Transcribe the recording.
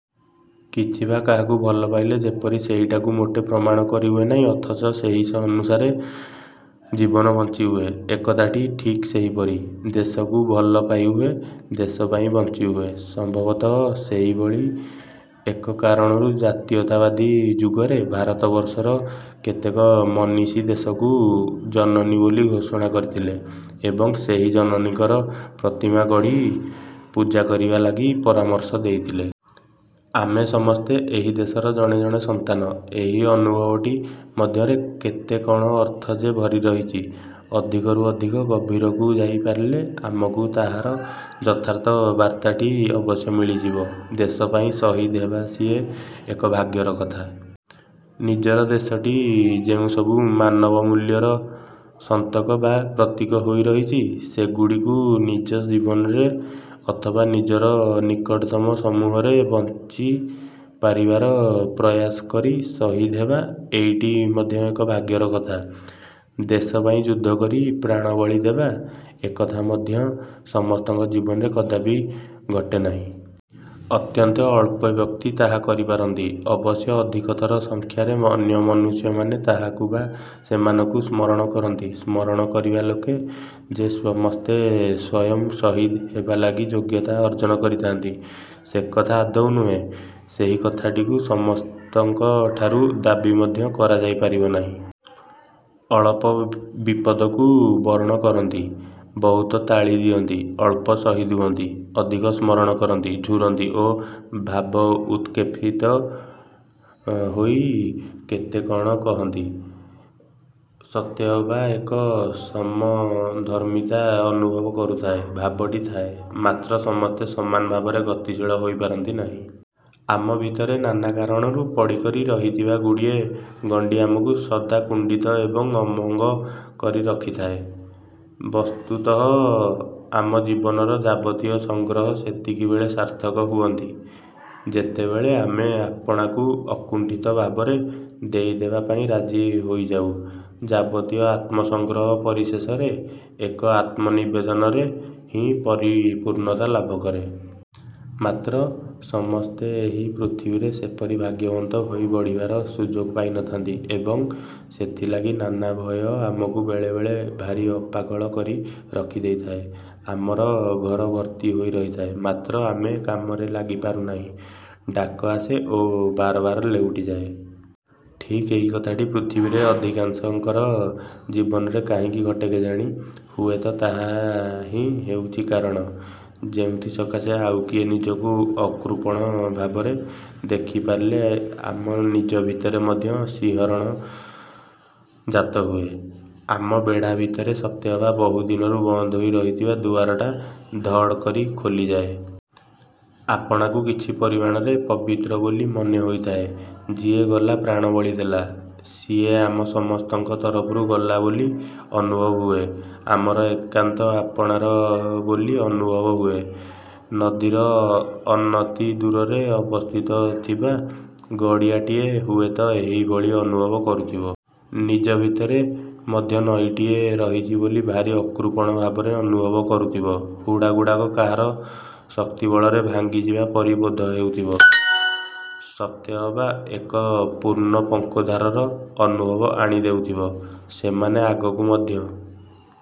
କିଛି ବା କାହାକୁ ଭଲ ପାଇଲେ ଯେପରି ସେଇଟାକୁ ମୋଟେ ପ୍ରମାଣ କରିହୁଏ ନାହିଁ ଅଥଚ ସେହି ଅନୁସାରେ ଜୀବନ ବଞ୍ଚିହୁଏ ଏକଥାଟି ଠିକ୍ ସେହିପରି। ଦେଶକୁ ଭଲ ପାଇହୁଏ ଦେଶ ପାଇଁ ବଞ୍ଚିହୁଏ। ସମ୍ଭବତଃ ସେହିଭଳି ଏକ କାରଣରୁ ଜାତୀୟତାବାଦୀ ଯୁଗରେ ଭାରତବର୍ଷର କେତେକ ମନୀଷୀ ଦେଶକୁ ଜନନୀ ବୋଲି ଘୋଷଣା କରିଥିଲେ ଏବଂ ସେହି ଜନନୀଙ୍କର ପ୍ରତିମା ଗଢ଼ି ପୂଜା କରିବା ଲାଗି ପରାମର୍ଶ ଦେଇଥିଲେ। ଆମେ ସମସ୍ତେ ଏହି ଦେଶର ଜଣେ ଜଣେ ସନ୍ତାନ। ଏହି ଅନୁଭବଟି ମଧ୍ୟରେ କେତେ କଣ ଅର୍ଥ ଯେ ଭରି ରହିଛି। ଅଧିକ ରୁ ଅଧିକ ଗଭୀରକୁ ଯାଇ ପାରିଲେ ଆମକୁ ତାହାର ଯଥାର୍ଥ ବାର୍ତାଟି ଅବଶ୍ୟ ମିଳିଯିବ। ଦେଶ ପାଇଁ ସହିଦ ହେବା ସିଏ ଏକ ଭାଗ୍ୟର କଥା। ନିଜର ଦେଶଟି ଯେଉଁସବୁ ମାନବମୂଲ୍ୟର ସନ୍ତକ ବା ପ୍ରତୀକ ହୋଇ ରହିଛି। ସେଗୁଡ଼ିକୁ ନିଜ ଜୀବନରେ ଅଥବା ନିଜର ନିକଟତମ ସମୂହରେ ବଞ୍ଚି ପାରିବାର ପ୍ରୟାସ କରି ସହିଦ ହେବା ଏଇଟି ମଧ୍ୟ ଏକ ଭାଗ୍ୟର କଥା। ଦେଶ ପାଇଁ ଯୁଦ୍ଧ କରି ପ୍ରାଣବଳି ଦେବା ଏକଥା ମଧ୍ୟ ସମସ୍ତଙ୍କ ଜୀବନରେ କଦାପି ଘଟେ ନାହିଁ। ଅତ୍ୟନ୍ତ ଅଳ୍ପ ବ୍ୟକ୍ତି ତାହା କରିପାରନ୍ତି। ଅବଶ୍ୟ ଅଧିକତର ସଂଖ୍ୟାରେ ଅନ୍ୟ ମନୁଷ୍ୟମାନେ ତାହାକୁ ବା ସେମାନଙ୍କୁ ସ୍ମରଣ କରନ୍ତି। ସ୍ମରଣ କରିବା ଲୋକେ ଯେ ସମସ୍ତେ ସ୍ଵୟଂ ସହିଦ ହେବାଲାଗି ଯୋଗ୍ୟତା ଅର୍ଜନ କରିଥାନ୍ତି ସେକଥା ଆଦୌ ନୁହେଁ। ସେହି କଥାଟିକୁ ସମସ୍ତଙ୍କ ଠାରୁ ଦାବି ମଧ୍ୟ କରାଯାଇ ପାରିବ ନାହିଁ। ଅଳପ ବିପଦକୁ ବରଣ କରନ୍ତି। ବହୁତ ତାଳି ଦିଅନ୍ତି। ଅଳ୍ପ ସହିଦ ହୁଅନ୍ତି ଅଧିକ ସ୍ମରଣ କରନ୍ତି, ଝୁରନ୍ତି ଓ ଭାବ ଉତ୍କ୍ଷେପିତ ହୋଇ କେତେ କଣ କହନ୍ତି। ସତେ ଅବା ଏକ ସମଧର୍ମିତା ଅନୁଭବ କରୁଥାଏ। ଭାବଟି ଥାଏ ମାତ୍ର ସମସ୍ତେ ସମାନ ଭାବରେ ଗତିଶୀଳ ହୋଇପାରନ୍ତି ନାହିଁ। ଆମ ଭିତରେ ନାନା କାରଣରୁ ପଡ଼ିକରି ରହିଥିବା ଗୁଡ଼ିଏ ଗଣ୍ଡି ଆମକୁ ସଦାକୁଣ୍ଡିତ ଏବଂ ଅମଙ୍ଗ କରି ରଖିଥାଏ। ବସ୍ତୁତଃ ଆମ ଜୀବନର ଯାବତୀୟ ସଂଗ୍ରହ ସେତିକିବେଳେ ସାର୍ଥକ ହୁଅନ୍ତି। ଯେତେବେଳେ ଆମେ ଆପଣାକୁ ଅକୁଣ୍ଠିତ ଭାବରେ ଦେଇଦେବା ପାଇଁ ରାଜି ହୋଇଯାଉ। ଯାବତୀୟ ଆତ୍ମସଂଗ୍ରହ ପରିଶେଷରେ ଏକ ଆତ୍ମନିବେଦନରେ ହିଁ ପରିପୂର୍ଣ୍ଣତା ଲାଭକରେ। ମାତ୍ର ସମସ୍ତେ ଏହି ପୃଥିବୀରେ ସେପରି ଭାଗ୍ୟବନ୍ତ ହୋଇ ବଢ଼ିବାର ସୁଯୋଗ ପାଇନଥାନ୍ତି ଏବଂ ସେଥିଲାଗି ନାନା ଭୟ ଆମକୁ ବେଳେବେଳେ ଭାରି ଅପାକଳ କରି ରଖିଦେଇଥାଏ। ଆମର ଘର ଭର୍ତ୍ତି ହୋଇ ରହିଥାଏ। ମାତ୍ର ଆମେ କାମରେ ଲାଗି ପାରୁନାହିଁ। ଡାକ ଆସେ ଓ ବାରବାର ଲେଉଟିଯାଏ। ଠିକ୍ ଏହି କଥାଟି ପୃଥିବୀରେ ଅଧିକାଂଶଙ୍କର ଜୀବନରେ କାହିଁକି ଘଟେ କେଜାଣି? ହୁଏତ ତାହା ହିଁ ହେଉଛି କାରଣ ଯେଉଁଥି ସକାଶେ ଆଉ କିଏ ନିଜକୁ ଅକୃପଣ ଭାବରେ ଦେଖିପାରିଲେ ଆମ ନିଜ ଭିତରେ ମଧ୍ୟ ଶିହରଣ ଜାତହୁଏ। ଆମ ବେଢ଼ା ଭିତରେ ସତେଅବା ବହୁଦିନରୁ ବନ୍ଦ ହୋଇ ରହିଥିବା ଦୁଆରଟା ଧଡ଼ କରି ଖୋଲିଯାଏ। ଆପଣାକୁ କିଛି ପରିମାଣରେ ପବିତ୍ର ବୋଲି ମନେ ହୋଇଥାଏ। ଯିଏ ଗଲା ପ୍ରାଣବଳି ଦେଲା ସିଏ ଆମ ସମସ୍ତଙ୍କ ତରଫରୁ ଗଲା ବୋଲି ଅନୁଭବ ହୁଏ। ଆମର ଏକାନ୍ତ ଆପଣାର ବୋଲି ଅନୁଭବ ହୁଏ। ନଦୀର ଅନତିଦୂରରେ ଅବସ୍ଥିତ ଥିବା ଗଡ଼ିଆଟିଏ ହୁଏତ ଏହିଭଳି ଅନୁଭବ କରୁଥିବ। ନିଜ ଭିତରେ ମଧ୍ୟ ନଈଟିଏ ରହିଛି ବୋଲି ଭାରି ଅକୃପଣ ଭାବରେ ଅନୁଭବ କରୁଥିବ। ହୁଡ଼ାଗୁଡ଼ାକ କାହାର ଶକ୍ତିବଳରେ ଭାଙ୍ଗିଯିବା ପରି ବୋଧ ହେଉଥିବ। ସତେ ଅବା ଏକ ପୂର୍ଣ୍ଣ ପଙ୍କୋଦ୍ଧାରର ଅନୁଭବ ଆଣି ଦେଉଥିବ। ସେମାନେ ଆଗକୁ ମଧ୍ୟ